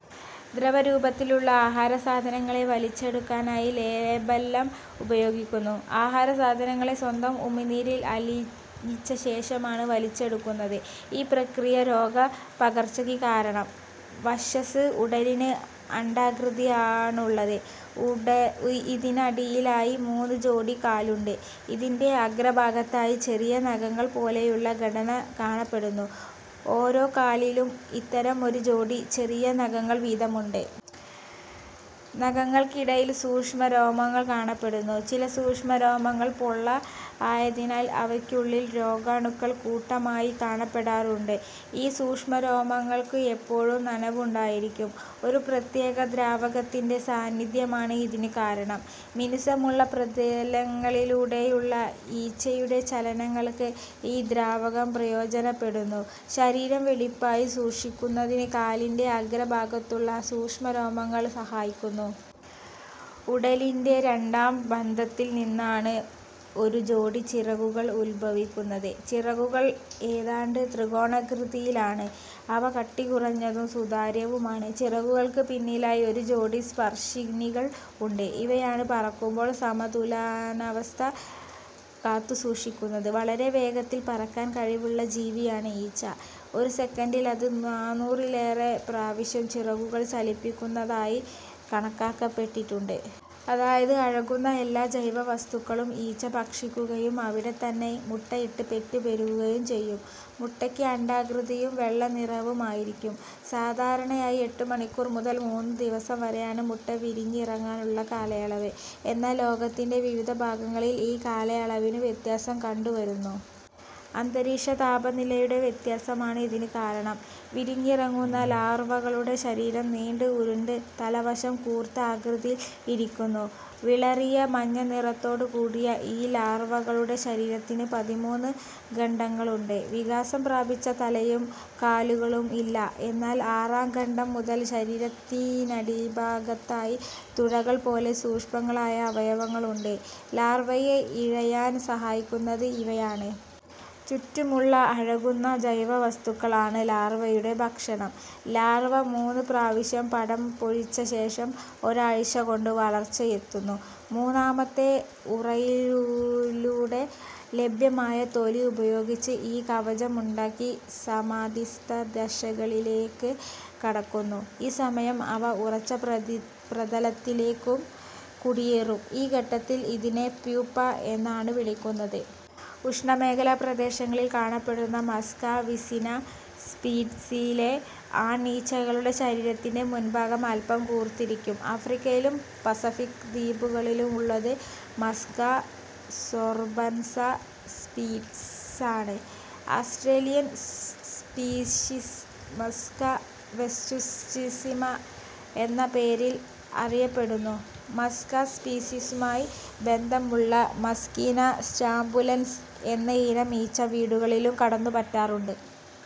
ദ്രവരൂപത്തിലുള്ള ആഹാരസാധനങ്ങളെ വലിച്ചെടുക്കാനായി labellum ഉപയോഗിക്കുന്നു. ആഹാരസാധനങ്ങളെ സ്വന്തം ഉമിനീരിൽ അലിയിച്ചശേഷമാണ് വലിച്ചെടുക്കുന്നത്. ഈ പ്രക്രിയ രോഗ പകർചക്കു കാരണം. വക്ഷസ്സ് / ഉടലിന് അണ്ഡാകൃതിയാണുള്ളത് ഇതിനടിയിലായി മൂന്നു ജോഡി കാലുണ്ട്. കാലിന്റെ അഗ്രഭാഗത്തായി ചെറിയ നഖങ്ങൾ പോലെയുള്ള ഘടന കാണപ്പെടുന്നു. ഓരോകാലിലും ഇത്തരം ഒരു ജോഡി ചെറിയ നഖങ്ങൾ വീതമുണ്ട്. നഖങ്ങൾക്കിടയിൽ സൂക്ഷ്മരോമങ്ങൾ കാണപ്പെടുന്നു. ചില സൂക്ഷ്മരോമങ്ങൾ പൊള്ള ആയതിനാൽ അവയ്ക്കുള്ളിൽ രോഗാണുക്കൾ കൂട്ടമായി കാണപ്പെടാറുണ്ട്. ഈ സൂക്ഷ്മരോമങ്ങൾക്ക് എപ്പോഴും നനവുണ്ടായിരിക്കും. ഒരു പ്രത്യേക ദ്രാവകത്തിന്റെ സാന്നിധ്യമാണ് ഇതിനു കാരണം. മിനുസമുള്ള പ്രതലങ്ങളിലൂടെയുള്ള ഈച്ചയുടെ ചലനങ്ങൾക്ക് ഈ ദ്രാവകം പ്രയോജനപ്പെടുന്നു. ശരീരം വെടിപ്പായി സൂക്ഷിക്കുന്നതിന് കാലിന്റെ അഗ്രഭാഗത്തുള്ള സൂക്ഷ്മരോമങ്ങൾ സഹായിക്കുന്നു. ഉടലിന്റെ രണ്ടാം ഖണ്ഡത്തിൽ നിന്നാണ് ഒരു ജോഡി ചിറകുകൾ ഉദ്ഭവിക്കുന്നത്. ചിറകുകൾ ഏതാണ്ടു ത്രികോണാകൃതിയിലാണ്. അവ കട്ടികുറഞ്ഞതും സുതാര്യവുമാണ്. ചിറകുകൾക്ക് പിന്നിലായി ഒരു ജോഡി സ്പർശിനികൾ ഉണ്ട്. ഇവയാണ് പറക്കുമ്പോൾ സമതുലനാവസ്ത കാത്തുസൂക്ഷിക്കുന്നത്. വളരെ വേഗത്തിൽ പറക്കാൻ കഴിവുള്ള ജീവിയാണ് ഈച്ച. ഒരു സെക്കൻഡിൽ അത് നാനൂറിലേറെ പ്രാവശ്യം ചിറകുകൾ ചലിപ്പിക്കുന്നതായി കണക്കാക്കപ്പെട്ടിട്ടുണ്ട്. അതായത്, അഴുകുന്ന എല്ലാ ജൈവ വസ്തുക്കളും ഈച്ച ഭക്ഷിക്കുകയും അവിടെത്തന്നെ മൂട്ട ഇട്ട് പെറ്റു പെരുകുകയും ചെയ്യും. മുട്ടയ്ക്ക് അണ്ഡാകൃതിയും വെള്ളനിറവും ആയിരിക്കും. സാധാരണയായി എട്ടു മണിക്കൂർ മുതൽ മൂന്നു ദിവസം വരെയാണ് മുട്ടവിരിഞ്ഞിറങ്ങാനുള്ള കാലയളവ്. എന്നാൽ ലോകത്തിന്റെ വിവിധ ഭാഗങ്ങളിൽ ഈ കാലയളവിനു വ്യത്യാസം കണ്ടുവരുന്നു. അന്തരീക്ഷ താപനിലയുടെ വ്യത്യാസമാണ് ഇതിനു കാരണം. വിരിഞ്ഞിറങ്ങുന്ന ലാർവകളുടെ ശരീരം നീണ്ട്, ഉരുണ്ട്, തല വശം കൂർത്ത ആകൃതിയിൽ ഇരിക്കുന്നു. വിളറിയ മഞ്ഞനിറത്തോടുകൂടിയ ഈ ലാർവകളുടെ ശരീരത്തിന് പതിമൂന്നു ഖണ്ഡങ്ങളുണ്ട്; വികാസം പ്രാപിച്ച തലയും കാലുകളും ഇല്ല. എന്നാൽ ആറാംഖണ്ഡം മുതൽ ശരീരത്തിന്നടിഭാഗത്തായി തുഴകൾപോലെ സൂക്ഷ്മങ്ങളായ അവയവങ്ങളുണ്ട്; ലാർവയെ ഇഴയാൻ സഹായിക്കുന്നത് ഇവയാണ്. ചുറ്റുമുള്ള അഴുകുന്ന ജൈവ വസ്തുക്കൾ ആണ് ലാർവയുടെ ഭക്ഷണം. ലാർവ മൂന്നു പ്രാവശ്യം പടം പൊഴിച്ചശേഷം ഒരാഴ്ച്ചകൊണ്ട് വളർച്ചയെത്തുന്നു. മൂന്നാമത്തെ ഉറയൂരലിലൂടെ ലഭ്യമായ തൊലി ഉപയോഗിച്ച് ഒരു കവചമുണ്ടാക്കി സമാധിസ്ഥ ദശയിലേക്കു കടക്കുന്നു. ഈ സമയം അവ ഉറച്ച പ്രതലത്തിലേക്ക് കുടിയേറും. ഈ ഘട്ടത്തിൽ ഇതിനെ പ്യൂപ്പ എന്നാണ് വിളിക്കുന്നത്. ഉഷ്ണമേഖലാ പ്രദേശങ്ങളിൽ കാണപ്പെടുന്ന മസ്ക വിസിന സ്പീഷിസിലെ ആൺ ഈച്ചകളുടെ ശരീരത്തിന്റെ മുൻഭാഗം അല്പം കൂർത്തിരിക്കും. ആഫ്രിക്കയിലും പസഫിക്ക് ദ്വീപുകളിലും ഉള്ളത് മസ്ക സോർബൻസ സ്പീഷീസാണ്. ആസ്ട്രേലിയൻ സ്പീഷീസ് മസ്ക വെറ്റുസ്റ്റിസ്സിമ എന്ന പേരിൽ അറിയപ്പെടുന്നു. മസ്ക സ്പീഷീസുമായി ബന്ധമുള്ള മസ്കീന സ്റ്റാബുലൻസ് എന്നയിനം ഈച്ച വീടുകളിലും കടന്നുപറ്റാറുണ്ട്.